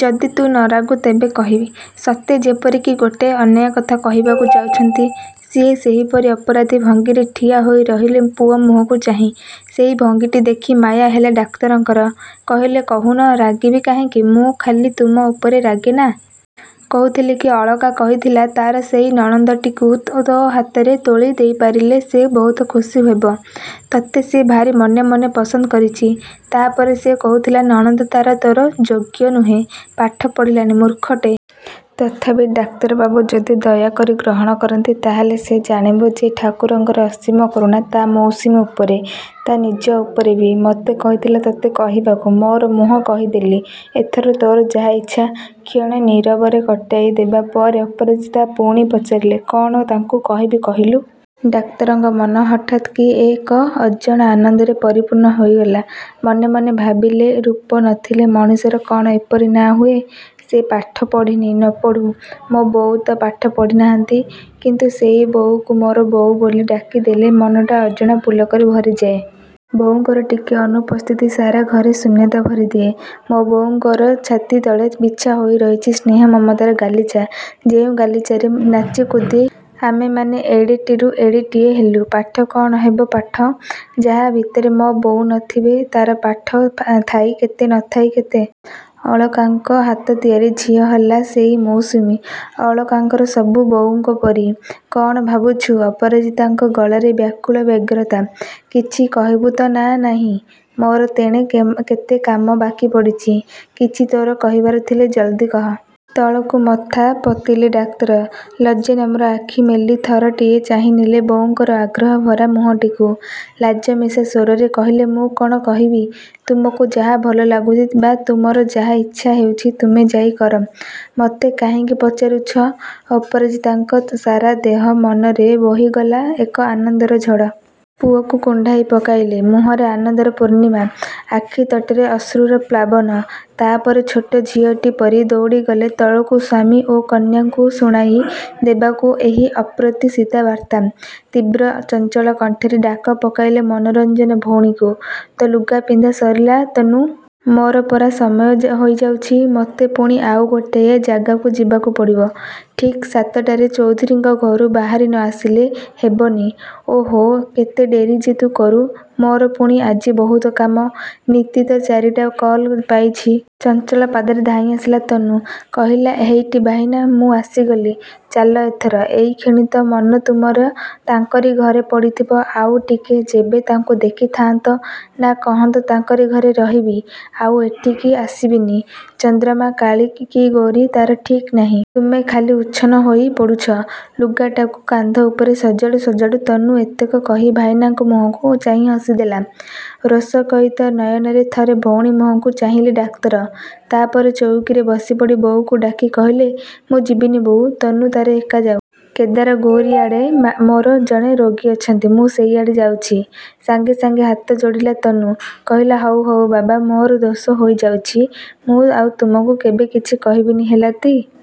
ଯଦି ତୁ ନ ରାଗୁ ତେବେ କହିବି। ସତେଯେପରି କି ଗୋଟାଏ ଅନ୍ୟାୟ କଥା କହିବାକୁ ଯାଉଛନ୍ତି। ସିଏ! ସେହିପରି ଅପରାଧୀ ଭଙ୍ଗୀରେ ଠିଆ ହୋଇ ରହିଲେ ପୁଅ ମୁହଁକୁ ଚାହିଁ। ସେହି ଭଙ୍ଗୀଟି ଦେଖି ମାୟା ହେଲା ଡାକ୍ତରଙ୍କର। କହିଲେ–କହୁନ, ରାଗିବି କାହିଁକି? ମୁଁ ଖାଲି ତୁମ ଉପରେ ରାଗେ ନାଁ? କହୁଥିଲି କି, ଅଳକା କହିଥିଲା ତା'ର ସେଇ ନଣନ୍ଦଟିକୁ ତୋ ହାତରେ ତୋଳି ଦେଇପାରିଲେ ସେ ବହୁତ ଖୁସି ହେବ। ତତେ ସିଏ ଭାରି ମନେ ମନେ ପସନ୍ଦ କରିଛି। ତାପରେ ସେ କହୁଥିଲା ନଣନ୍ଦ ତା'ର ତୋର ଯୋଗ୍ୟ ନୁହେଁ, ପାଠ ପଢ଼ିଲାନି। ମୂର୍ଖଟେ। ତଥାପି ଡାକ୍ତରବାବୁ ଯଦି ଦୟା କରି ଗ୍ରହଣ କରନ୍ତି ତା'ହେଲେ ସେ ଜାଣିବ ଯେ ଠାକୁରଙ୍କର ଅସୀମ କରୁଣା ତା' ମୌସୁମୀ ଉପରେ। ତା' ନିଜ ଉପରେ ବି। ମୋତେ କହିଥିଲା ତତେ କହିବାକୁ। ମୋର ମୁଁହ କହିଦେଲି। ଏଥର ତୋର ଯାହା ଇଚ୍ଛା। କ୍ଷଣେ ନୀରବରେ କଟାଇ ଦେବା ପରେ ଅପରାଜିତା ପୁଣି ପଚାରିଲେ, କ'ଣ ତାଙ୍କୁ କହିବି, କହିଲୁ? ଡାକ୍ତରଙ୍କ ମନ ହଠାତ୍ କି ଏକ ଅଜଣା ଆନନ୍ଦରେ ପରିପୂର୍ଣ୍ଣ ହୋଇଗଲା। ମନେ ମନେ ଭାବିଲେ ରୂପ ନଥିଲେ ମଣିଷର କ'ଣ ଏପରି ନାଁ ହୁଏ! ସେ ପାଠ ପଢ଼ିନି, ନ ପଢ଼ୁ। ମୋ ବୋଉ ତ ପାଠ ପଢ଼ିନାହାନ୍ତି। କିନ୍ତୁ ସେଇ ବୋଉକୁ ମୋର ବୋଉ ବୋଲି ଡାକିଦେଲେ ମନଟା ଅଜଣା ପୁଲକରେ ଭରିଯାଏ। ବୋଉଙ୍କର ଟିକିଏ ଅନୁପସ୍ଥିତି ସାରା ଘରେ ଶୂନ୍ୟତା ଭରିଦିଏ। ମୋ ବୋଉଙ୍କର ଛାତି ତଳେ ବିଛା ହୋଇ ରହିଛି ସ୍ନେହ ମମତାର ଗାଲିଚା, ଯେଉଁ ଗାଲିଚାରେ ନାଚି କୁଦି ଆମେମାନେ ଏଡ଼େଟିରୁ ଏଡ଼େଟିଏ ହେଲୁ। ପାଠ, କ'ଣ ହେବ ପାଠ! ଯାହା ଭିତରେ ମୋ ବୋଉ ନ ଥିବେ ତା'ର ପାଠ ଥାଇ କେତେ, ନ ଥାଇ କେତେ। ଅଳକାଙ୍କ ହାତ ତିଆରି ଝିଅ ହେଲା ସେଇ ମୌସୁମୀ। ଅଳକାଙ୍କର ସବୁ ମୋ ବୋଉଙ୍କ ପରି। କ'ଣ ଭାବୁଛୁ? ଅପରାଜିତାଙ୍କ ଗଳାରେ ବ୍ୟାକୁଳ ବ୍ୟଗ୍ରତା। କିଛି କହିବୁ ତ, ନା ନାହିଁ? ମୋର ତେଣେ କେତେ କାମ ବାକି ପଡ଼ିଛି। କିଛି ତୋର କହିବାର ଥିଲେ ଜଲ୍ଦି କହ। ତଳକୁ ମଥା ପୋତିଲେ ଡାକ୍ତର। ଲଜ୍ଜାନମ୍ର ଆଖି ମେଲି ଥରଟିଏ ଚାହିଁନେଲେ ବୋଉଙ୍କର ଆଗ୍ରହଭରା ମୁହଁଟିକୁ। ଲାଜମିଶା ସ୍ୱରରେ କହିଲେ ମୁଁ କ'ଣ କହିବି। ତୁମକୁ ଯାହା ଭଲଲାଗୁଛି ବା ତୁମର ଯାହା ଇଚ୍ଛା ହେଉଛି ତୁମେ ଯାଇ କର। ମତେ କାହିଁକି ପଚାରୁଛ? ଅପରାଜିତାଙ୍କ ସାରା ଦେହ ମନରେ ବୋହିଗଲା ଏକ ଆନନ୍ଦର ଝଡ଼। ପୁଅକୁ କୁଣ୍ଢାଇ ପକାଇଲେ। ମୁହଁରେ ଆନନ୍ଦର ପୂର୍ଣ୍ଣିମା। ଆଖିତଟରେ ଅଶ୍ରୁର ପ୍ଲାବନ। ତା'ପରେ, ଛୋଟ ଝିଅଟିପରି ଦଉଡ଼ିଗଲେ ତଳକୁ ସ୍ୱାମୀ ଓ କନ୍ୟାଙ୍କୁ ଶୁଣାଇ ଦେବାକୁ ଏହି ଅପ୍ରତ୍ୟାଶିତ ବାର୍ତ୍ତା! ତୀବ୍ର ଚଞ୍ଚଳ କଣ୍ଠରେ ଡାକ ପକାଇଲେ ମନୋରଞ୍ଜନ ଭଉଣୀକୁ। ତୋ ଲୁଗା ପିନ୍ଧା ସରିଲା ତନୁ। ମୋର ପରା ସମୟ ହୋଇଯାଉଛି। ମୋତେ ପୁଣି ଆଉ ଗୋଟିଏ ଜାଗାକୁ ଯିବାକୁ ପଡ଼ିବ। ଠିକ୍ ସାତଟାରେ ଚୌଧୁରୀଙ୍କ ଘରୁ ବାହାରି ନ ଆସିଲେ ହେବନି। ଓହୋଃ, କେତେ ଡେରି ଯେ ତୁ କରୁ। ମୋର ପୁଣି ଆଜି ବହୁତ କାମ। ନୀତିତ, ଚାରିଟା କଲ୍ ପାଇଛି। ଚଞ୍ଚଳ ପାଦରେ ଧାଇଁଆସିଲା ତନୁ। କହିଲା–ହେଇଟି ଭାଇନା, ମୁଁ ଆସିଗଲି। ଚାଲ ଏଥର। ଏଇକ୍ଷଣି ତ ମନ ତୁମର ତାଙ୍କରି ଘରେ ପଡ଼ିଥିବ। ଆଉଟିକେ ଯେବେ ତାଙ୍କୁ ଦେଖିଥାଆନ୍ତ ନା, କହନ୍ତ ତାଙ୍କରି ଘରେ ରହିବି। ଆଉ ଏଠିକି ଆସିବିନି। ଚନ୍ଦ୍ରମା କାଳୀ କି ଗୋରୀ ତା'ର ଠିକ୍ ନାହିଁ। ତୁମେ ଖାଲି ଉଚ୍ଛନ୍ନ ହୋଇପଡ଼ୁଛ। ଲୁଗାଟାକୁ କାନ୍ଧ ଉପରେ ସଜାଡ଼ୁ, ସଜାଡ଼ୁ ତନୁ ଏତକ କହି ଭାଇନାଙ୍କ ମୁହଁକୁ ଚାହିଁ ହସିଦେଲା। ରୋଷକୟିତ ନୟନରେ ଥରେ ଭଉଣୀ ମୁହଁକୁ ଚାହିଁଲେ ଡାକ୍ତର। ତାପରେ ଚୌକିରେ ବସିପଡ଼ି ବୋଉକୁ ଡାକି କହିଲେ ମୁଁ ଯିବିନି ବୋଉ। ତନୁ ତା'ର ଏକା ଯାଉ। କେଦାରଗୌରୀଆଡ଼େ ମୋର ଜଣେ ରୋଗୀ ଅଛନ୍ତି, ମୁଁ ସେଇଆଡ଼େ ଯାଉଛି। ସାଙ୍ଗେ ସାଙ୍ଗେ ହାତ ଯୋଡ଼ିଲା ତନୁ। କହିଲା–ହଉ ହଉ ବାବା, ମୋର ଦୋଷ ହୋଇଯାଇଛି। ମୁଁ ଆଉ ତୁମକୁ କେବେ କିଛି କହିବିନି ହେଲାତି?